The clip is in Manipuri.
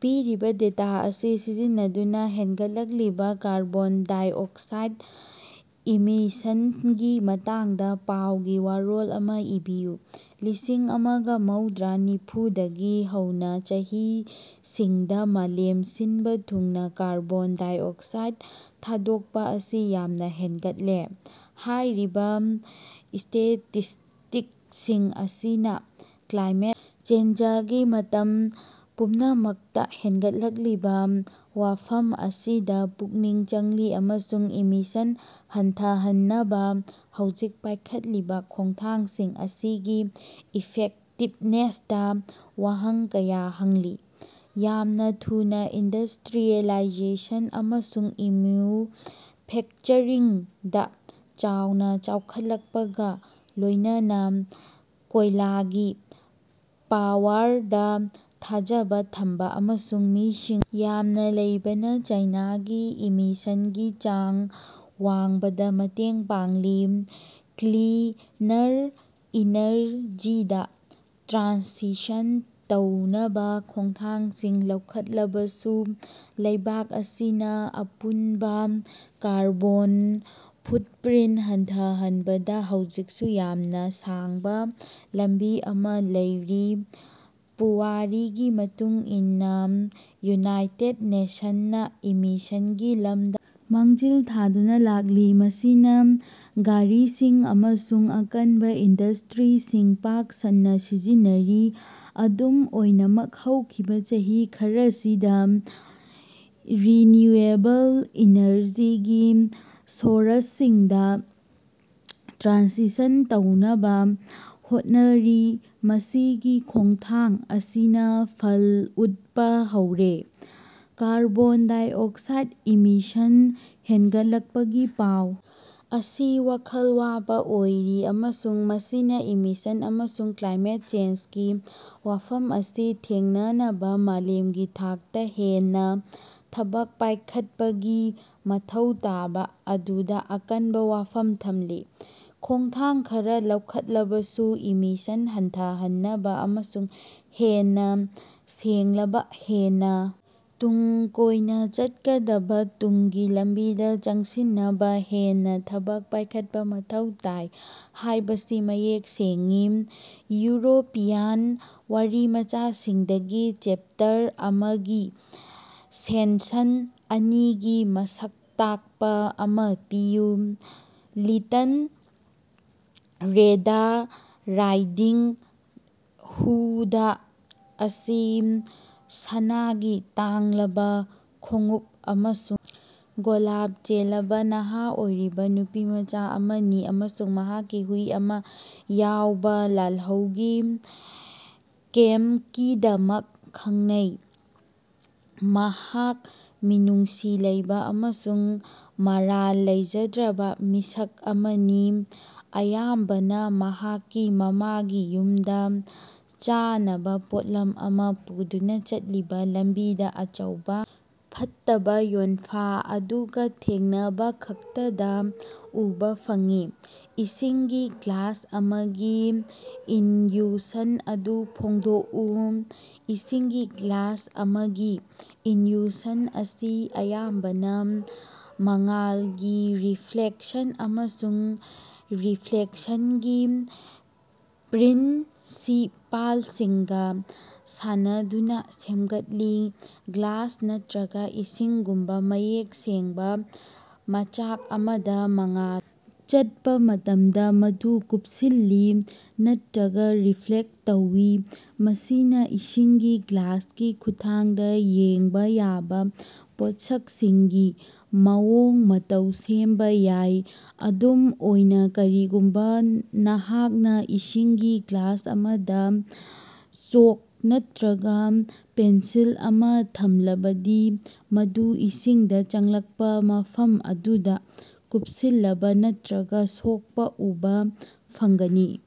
ꯄꯤꯔꯤꯕ ꯗꯦꯇꯥ ꯑꯁꯤ ꯁꯤꯖꯤꯟꯅꯗꯨꯅ ꯍꯦꯟꯒꯠꯂꯛꯂꯤꯕ ꯀꯥꯔꯕ‌ꯣꯟ ꯗꯥꯏꯑꯣꯛꯁꯥꯏꯠ ꯏꯃꯤꯁꯟꯒꯤ ꯃꯇꯥꯡꯗ ꯄꯥꯎꯒꯤ ꯋꯥꯔꯣꯜ ꯑꯃꯥ ꯏꯕꯤꯌꯨ꯫ ꯂꯤꯁꯤꯡ ꯑꯃꯒ ꯃꯧꯗ꯭ꯔꯥ ꯅꯤꯐꯨ ꯗꯒꯤ ꯍꯧꯅ ꯆꯍꯤꯁꯤꯡꯗ ꯃꯥꯂꯦꯝ ꯁꯤꯟꯕ ꯊꯨꯡꯅ ꯀꯥꯔꯕ‌ꯣꯟ ꯗꯥꯏꯑꯣꯛꯁꯥꯏꯠ ꯊꯥꯗꯣꯛꯄ ꯑꯁꯤ ꯌꯥꯝꯅ ꯍꯦꯟꯒꯠꯂꯦ꯫ ꯍꯥꯏꯔꯤꯕ ꯁ꯭ꯇꯦꯇꯤꯁꯇꯤꯛꯁꯁꯤꯡ ꯑꯁꯤꯅ ꯀ꯭ꯂꯥꯏꯃꯦꯠ ꯆꯦꯟꯖꯒꯤ ꯃꯇꯝ ꯄꯨꯝꯅꯃꯛꯇ ꯍꯦꯟꯒꯠꯂꯛꯂꯤꯕ ꯋꯥꯐꯝ ꯑꯁꯤꯗ ꯄꯨꯛꯅꯤꯡ ꯆꯪꯂꯤ ꯑꯃꯁꯨꯡ ꯏꯃꯤꯁꯟ ꯍꯟꯊꯍꯟꯅꯕ ꯍꯧꯖꯤꯛ ꯄꯥꯏꯈꯠꯂꯤꯕ ꯈꯣꯡꯊꯥꯡꯁꯤꯡ ꯑꯁꯤꯒꯤ ꯏꯐꯦꯛꯇꯤꯕꯅꯦꯁꯇ ꯋꯥꯍꯪ ꯀꯌꯥ ꯍꯪꯂꯤ꯫ ꯌꯥꯝꯅ ꯊꯨꯅꯥ ꯏꯟꯗꯁꯇ꯭ꯔꯤꯌꯦꯂꯥꯏꯖꯦꯁꯟ ꯑꯃꯁꯨꯡ ꯏꯃ꯭ꯌꯨꯐꯦꯛꯆꯔꯤꯡꯗ ꯆꯥꯎꯅ ꯆꯥꯎꯈꯠꯂꯛꯄꯒ ꯂꯣꯏꯅꯅ ꯀꯣꯏꯂꯥꯒꯤ ꯄꯥꯋꯔꯗ ꯊꯥꯖꯕ ꯊꯝꯕ ꯑꯃꯁꯨꯡ ꯃꯤꯁꯤꯡ ꯌꯥꯝꯅ ꯂꯩꯕꯅ ꯆꯥꯏꯅꯥꯒꯤ ꯏꯃꯤꯁꯟꯒꯤ ꯆꯥꯡ ꯋꯥꯡꯕꯗ ꯃꯇꯦꯡ ꯄꯥꯡꯂꯤ꯫ ꯀ꯭ꯂꯤꯅꯔ ꯏꯅꯔꯖꯤꯗ ꯇ꯭ꯔꯥꯟꯁꯤꯁꯟ ꯇꯧꯅꯕ ꯈꯣꯡꯊꯥꯡꯁꯤꯡ ꯂꯧꯈꯠꯂꯕꯁꯨ ꯂꯩꯕꯥꯛ ꯑꯁꯤꯅ ꯑꯄꯨꯟꯕ ꯀꯥꯔꯕꯣꯟ ꯐꯨꯠꯄ꯭ꯔꯤꯟ ꯍꯟꯊꯍꯟꯕꯗ ꯍꯧꯖꯤꯛꯁꯨ ꯌꯥꯝꯅ ꯁꯥꯡꯕ ꯂꯝꯕꯤ ꯑꯃ ꯂꯩꯔꯤ꯫ ꯄꯨꯋꯥꯔꯤꯒꯤ ꯃꯇꯨꯡ ꯏꯟꯅ ꯌꯨꯅꯥꯏꯇ‌ꯦꯠ ꯅ‌ꯦꯁꯟꯅ ꯏꯃꯤꯁꯟꯒꯤ ꯂꯝꯗ ꯃꯥꯡꯖꯤꯜ ꯊꯥꯗꯨꯅ ꯂꯥꯛꯂꯤ ꯃꯁꯤꯅ ꯒꯥꯔꯤꯁꯤꯡ ꯑꯃꯁꯨꯡ ꯑꯀꯟꯕ ꯏꯟꯗꯁꯇ꯭ꯔꯤꯁꯤꯡ ꯄꯥꯛ ꯁꯟꯅ ꯁꯤꯖꯤꯟꯅꯔꯤ꯫ ꯑꯗꯨꯝ ꯑꯣꯏꯅꯃꯛ ꯍꯧꯈꯤꯕ ꯆꯍꯤ ꯈꯔꯁꯤꯗ ꯔꯤꯅ‍꯭ꯌꯨꯑꯦꯕꯜ ꯏꯅꯔꯖꯤꯒꯤ ꯁꯣꯔꯁꯁꯤꯡꯗ ꯇ꯭ꯔꯥꯟꯁꯤꯁꯟ ꯇꯧꯅꯕ ꯍꯣꯠꯅꯔꯤ ꯃꯁꯤꯒꯤ ꯈꯣꯡꯊꯥꯡ ꯑꯁꯤꯅ ꯐꯜ ꯎꯠꯄ ꯍꯧꯔꯦ꯫ ꯀꯥꯔꯕ‌ꯣꯟ ꯗꯥꯏꯑꯣꯛꯁꯥꯏꯠ ꯏꯃꯤꯁꯟ ꯍꯦꯟꯒꯠꯂꯛꯄꯒꯤ ꯄꯥꯎ ꯑꯁꯤ ꯋꯥꯈꯜ ꯋꯥꯕ ꯑꯣꯏꯔꯤ ꯑꯃꯁꯨꯡ ꯃꯁꯤꯅ ꯏꯃꯤꯁꯟ ꯑꯃꯁꯨꯡ ꯀ꯭ꯂꯥꯏꯃꯦꯠ ꯆꯦꯟꯖꯒꯤ ꯋꯥꯐꯝ ꯑꯁꯤ ꯊꯦꯡꯅꯅꯕ ꯃꯥꯂꯦꯝꯒꯤ ꯊꯥꯛꯇ ꯍꯦꯟꯅ ꯊꯕꯛ ꯄꯥꯏꯈꯠꯄꯒꯤ ꯃꯊꯧ ꯇꯥꯕ ꯑꯗꯨꯗ ꯑꯀꯟꯕ ꯋꯥꯐꯝ ꯊꯝꯂꯤ꯫ ꯈꯣꯡꯊꯥꯡ ꯈꯔ ꯂꯧꯈꯠꯂꯕꯁꯨ ꯏꯃꯤꯁꯟ ꯍꯟꯊꯍꯟꯅꯕ ꯑꯃꯁꯨꯡ ꯍꯦꯟꯅ ꯁꯦꯡꯂꯕ ꯍꯦꯟꯅ ꯇꯨꯡ ꯀꯣꯏꯅ ꯆꯠꯀꯗꯕ ꯇꯨꯡꯒꯤ ꯂꯝꯕꯤꯗ ꯆꯪꯁꯤꯟꯅꯕ ꯍꯦꯟꯅ ꯊꯕꯛ ꯄꯥꯏꯈꯠꯄ ꯃꯊꯧ ꯇꯥꯏ ꯍꯥꯏꯕꯁꯤ ꯃꯌꯦꯛ ꯁꯦꯡꯏ꯫ ꯌꯨꯔꯣꯄꯤꯌꯟ ꯋꯥꯔꯤꯃꯆꯥꯁꯤꯡꯗꯒꯤ ꯆ‌ꯦꯞꯇꯔ ꯑꯃꯒꯤ ꯁꯦꯟꯁꯟ ꯑꯅꯤꯒꯤ ꯃꯁꯛ ꯇꯥꯛꯄ ꯑꯃ ꯄꯤꯌꯨ꯫ ꯂꯤꯇꯟ ꯔꯦꯗ ꯔꯥꯏꯗꯤꯡ ꯍꯨꯗ ꯑꯁꯤ ꯁꯅꯥꯒꯤ ꯇꯥꯡꯂꯕ ꯈꯣꯡꯎꯞ ꯑꯃꯁꯨꯡ ꯒꯣꯂꯥꯞ ꯆꯦꯜꯂꯕ ꯅꯍꯥ ꯑꯣꯏꯔꯤꯕ ꯅꯨꯄꯤꯃꯆꯥ ꯑꯃꯅꯤ ꯑꯃꯁꯨꯡ ꯃꯍꯥꯛꯀꯤ ꯍꯨꯏ ꯑꯃ ꯌꯥꯎꯕ ꯂꯥꯜꯍꯧꯒꯤ ꯀꯦꯝꯀꯤꯗꯃꯛ ꯈꯪꯅꯩ꯫ ꯃꯍꯥꯛ ꯃꯤꯅꯨꯡꯁꯤ ꯂꯩꯕ ꯑꯃꯁꯨꯡ ꯃꯔꯥꯜ ꯂꯩꯖꯗ꯭ꯔꯕ ꯃꯤꯁꯛ ꯑꯃꯅꯤ, ꯑꯌꯥꯝꯕꯅ ꯃꯍꯥꯛꯀꯤ ꯃꯃꯥꯒꯤ ꯌꯨꯝꯗ ꯆꯥꯅꯕ ꯄꯣꯠꯂꯝ ꯑꯃ ꯄꯨꯗꯨꯅ ꯆꯠꯂꯤꯕ, ꯂꯝꯕꯤꯗ ꯑꯆꯧꯕ ꯐꯠꯇꯕ ꯋ‌ꯣꯟꯐ ꯑꯗꯨꯒ ꯊꯦꯡꯅꯕꯈꯛꯇꯗ ꯎꯕ ꯐꯪꯏ꯫ ꯏꯁꯤꯡꯒꯤ ꯒ꯭ꯂꯥꯁ ꯑꯃꯒꯤ ꯏꯟꯌꯨꯁꯟ ꯑꯗꯨ ꯐꯣꯡꯗꯣꯛꯎ꯫ ꯏꯁꯤꯡꯒꯤ ꯒ꯭ꯂꯥꯁ ꯑꯃꯒꯤ ꯏꯟꯌꯨꯁꯟ ꯑꯁꯤ ꯑꯌꯥꯝꯕꯅ ꯃꯉꯥꯜꯒꯤ ꯔꯤꯐ꯭ꯂꯦꯛꯁꯟ ꯑꯃꯁꯨꯡ ꯔꯤꯐ꯭ꯂ‌ꯦꯛꯁꯟꯒꯤ ꯄ꯭ꯔꯤꯟꯁꯤꯄꯥꯜꯁꯤꯡꯒ ꯁꯥꯟꯅꯗꯨꯅ ꯁꯦꯝꯒꯠꯂꯤ꯫ ꯒ꯭ꯂꯥꯁ ꯅꯠꯇ꯭ꯔꯒ ꯏꯁꯤꯡꯒꯨꯝꯕ ꯃꯌꯦꯛ ꯁꯦꯡꯕ ꯃꯆꯥꯛ ꯑꯃꯗ ꯃꯉꯥꯜ ꯆꯠꯄ ꯃꯇꯝꯗ, ꯃꯗꯨ ꯀꯨꯞꯁꯤꯜꯂꯤ ꯅꯠꯇ꯭ꯔꯒ ꯔꯤꯐ꯭ꯂ‌ꯦꯛ ꯇꯧꯏ꯫ ꯃꯁꯤꯅ ꯏꯁꯤꯡꯒꯤ ꯒ꯭ꯂꯥꯁꯀꯤ ꯈꯨꯠꯊꯥꯡꯗ ꯌꯦꯡꯕ ꯌꯥꯕ ꯄꯣꯠꯁꯛꯁꯤꯡꯒꯤ ꯃꯑꯣꯡ-ꯃꯇꯧ ꯁꯦꯝꯕ ꯌꯥꯏ꯫ ꯑꯗꯨꯝ ꯑꯣꯏꯅ, ꯀꯔꯤꯒꯨꯝꯕ ꯅꯍꯥꯛꯅ ꯏꯁꯤꯡꯒꯤ ꯒ꯭ꯂꯥꯁ ꯑꯃꯗ ꯆ‌ꯣꯛ ꯅꯠꯇ꯭ꯔꯒ ꯄꯦꯟꯁꯤꯜ ꯑꯃ ꯊꯝꯂꯕꯗꯤ, ꯃꯗꯨ ꯏꯁꯤꯡꯗ ꯆꯪꯂꯛꯄ ꯃꯐꯝ ꯑꯗꯨꯗ ꯀꯨꯞꯁꯤꯜꯂꯕ ꯅꯠꯇ꯭ꯔꯒ ꯁꯣꯛꯄ ꯎꯕ ꯐꯪꯒꯅꯤ꯫